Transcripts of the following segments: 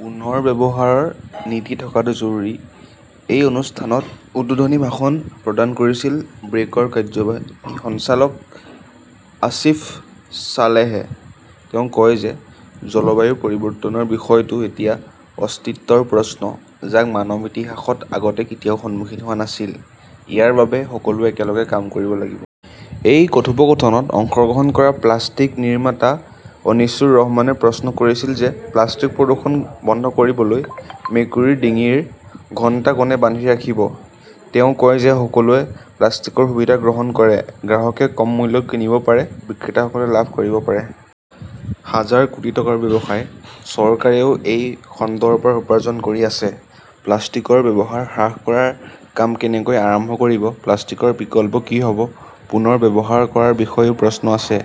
পুনৰ্ব্যৱহাৰৰ নীতি থকাটো জৰুৰী। এই অনুষ্ঠানত উদ্বোধনী ভাষণ প্ৰদান কৰিছিল ব্ৰেকৰ কাৰ্যবাহী সঞ্চালক আসিফ সালেহে। তেওঁ কয় যে জলবায়ু পৰিৱৰ্তনৰ বিষয়টো এতিয়া অস্তিত্বৰ প্ৰশ্ন, যাক মানৱ ইতিহাসত আগতে কেতিয়াও সন্মুখীন হোৱা নাছিল। ইয়াৰ বাবে সকলোৱে একেলগে কাম কৰিব লাগিব। এই কথোপকথনত অংশগ্ৰহণ কৰা প্লাষ্টিক নিৰ্মাতা অনিছুৰ ৰহমানে প্ৰশ্ন কৰিছিল যে প্লাষ্টিক প্ৰদূষণ বন্ধ কৰিবলৈ 'মেকুৰীৰ ডিঙিৰ ঘণ্টা কোনে বান্ধি ৰাখিব । তেওঁ কয় যে সকলোৱে প্লাষ্টিকৰ সুবিধা গ্ৰহণ কৰে। গ্ৰাহকে কম মূল্যত কিনিব পাৰে, বিক্ৰেতাসকলে লাভ কৰিব পাৰে। হাজাৰ কোটি টকাৰ ব্যৱসায়। চৰকাৰেও এই খণ্ডৰ পৰা উপাৰ্জন কৰি আছে। প্লাষ্টিকৰ ব্যৱহাৰ হ্ৰাস কৰাৰ কাম কেনেকৈ আৰম্ভ কৰিব, প্লাষ্টিকৰ বিকল্প কি হ’ব, পুনৰ ব্যৱহাৰ কৰাৰ বিষয়েও প্ৰশ্ন আছে।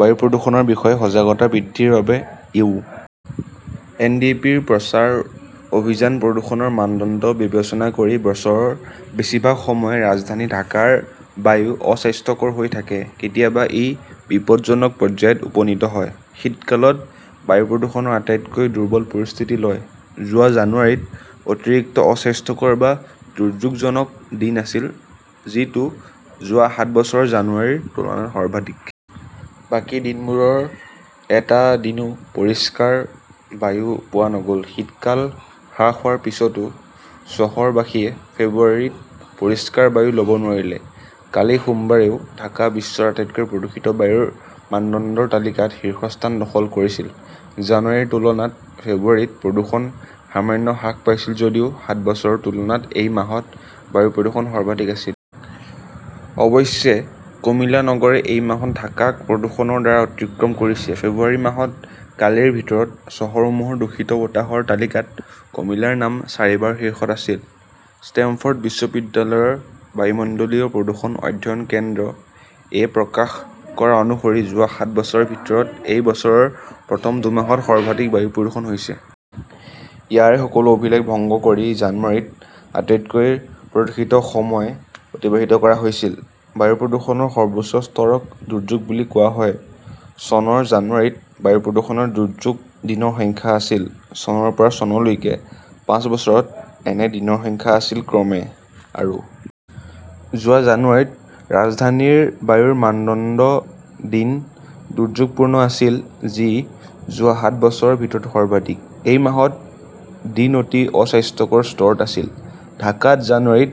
বায়ু প্ৰদূষণৰ বিষয়ে সজাগতা বৃদ্ধিৰ বাবে ইউ. এন ডি পি ৰ প্ৰচাৰ অভিযান প্ৰদূষণৰ মানদণ্ড বিবেচনা কৰি বছৰৰ বেছিভাগ সময় ৰাজধানী ঢাকাৰ বায়ু অস্বাস্থ্যকৰ হৈ থাকে। কেতিয়াবা ই বিপদজনক পৰ্যায়ত উপনীত হয়। শীতকালত বায়ু প্ৰদূষণৰ আটাইতকৈ দুৰ্বল পৰিস্থিতি হয়। যোৱা জানুৱাৰীত অতিৰিক্ত অস্বাস্থ্যকৰ বা দুৰ্যোগজনক দিন আছিল, যিটো যোৱা সাত বছৰৰ জানুৱাৰীৰ তুলনাত সৰ্বাধিক। বাকী দিনবোৰৰ এটা দিনও পৰিষ্কাৰ বায়ু পোৱা নগ’ল। শীতকাল হ্ৰাস হোৱাৰ পিছতো চহৰবাসীয়ে ফেব্ৰুৱাৰীত পৰিষ্কাৰ বায়ু ল’ব নোৱাৰিলে। কালি সোমবাৰেও ঢাকা বিশ্বৰ আটাইতকৈ প্ৰদূষিত বায়ুৰ মানদণ্ডৰ তালিকাত শীৰ্ষস্থান দখল কৰিছিল। জানুৱাৰীৰ তুলনাত ফেব্ৰুৱাৰীত প্ৰদূষণ সামান্য হ্ৰাস পাইছিল যদিও সাত বছৰৰ তুলনাত এই মাহত বায়ু প্ৰদূষণ সৰ্বাধিক আছিল। অৱশ্যে, কমিলা নগৰে এই মাহত ঢাকাক প্ৰদূষণৰ দ্বাৰা অতিক্ৰম কৰিছে। ফেব্ৰুৱাৰী মাহত কালিৰ ভিতৰত চহৰসমূহৰ দূষিত বতাহৰ তালিকাত কমিলাৰ নাম চাৰিবাৰ শীৰ্ষত আছিল। ষ্টেমফৰ্ড বিশ্ববিদ্যালয়ৰ বায়ুমণ্ডলীয় প্ৰদূষণ অধ্যয়ন কেন্দ্ৰ এ প্ৰকাশ কৰা অনুসৰি যোৱা সাত বছৰৰ ভিতৰত এই বছৰৰ প্ৰথম দুমাহত সৰ্বাধিক বায়ু প্ৰদূষণ হৈছে। ইয়াৰে সকলো অভিলেখ ভংগ কৰি জানুৱাৰীত আটাইতকৈ প্ৰদূষিত সময় অতিবাহিত কৰা হৈছিল। বায়ু প্ৰদূষণৰ সৰ্বোচ্চ স্তৰক দুৰ্যোগ বুলি কোৱা হয়। চনৰ জানুৱাৰীত বায়ু প্ৰদূষণৰ দুৰ্যোগ দিনৰ সংখ্যা আছিল। চনৰ পৰা চনলৈকে পাঁচ বছৰত এনে দিনৰ সংখ্যা আছিল ক্ৰমে, আৰু। যোৱা জানুৱাৰীত ৰাজধানীৰ বায়ুৰ মানদণ্ড দিন দুৰ্যোগপূৰ্ণ আছিল, যি যোৱা সাত বছৰৰ ভিতৰত সৰ্বাধিক। এই মাহত দিন অতি অস্বাস্থ্যকৰ স্তৰত আছিল। ঢাকাত জানুৱাৰীত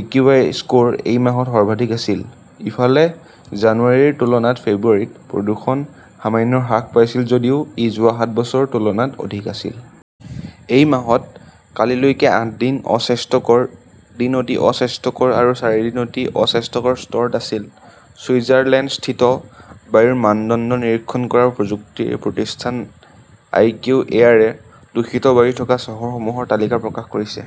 একিউআই স্কৰ এই মাহত সৰ্বাধিক আছিল। ইফালে, জানুৱাৰীৰ তুলনাত ফেব্ৰুৱাৰীত প্ৰদূষণ সামান্য হ্ৰাস পাইছিল যদিও ই যোৱা সাত বছৰৰ তুলনাত অধিক আছিল। এই মাহত কালি লৈকে আঠ দিন অস্বাস্থ্যকৰ, দিন অতি অস্বাস্থ্যকৰ আৰু চাৰিদিন অতি অস্বাস্থ্যকৰ স্তৰত আছিল। ছুইজাৰলেণ্ডস্থিত বায়ুৰ মানদণ্ড নিৰীক্ষণ কৰা প্ৰযুক্তি প্ৰতিষ্ঠান আইকিউ এয়াৰে দূষিত বায়ু থকা চহৰসমূহৰ তালিকা প্ৰকাশ কৰিছে।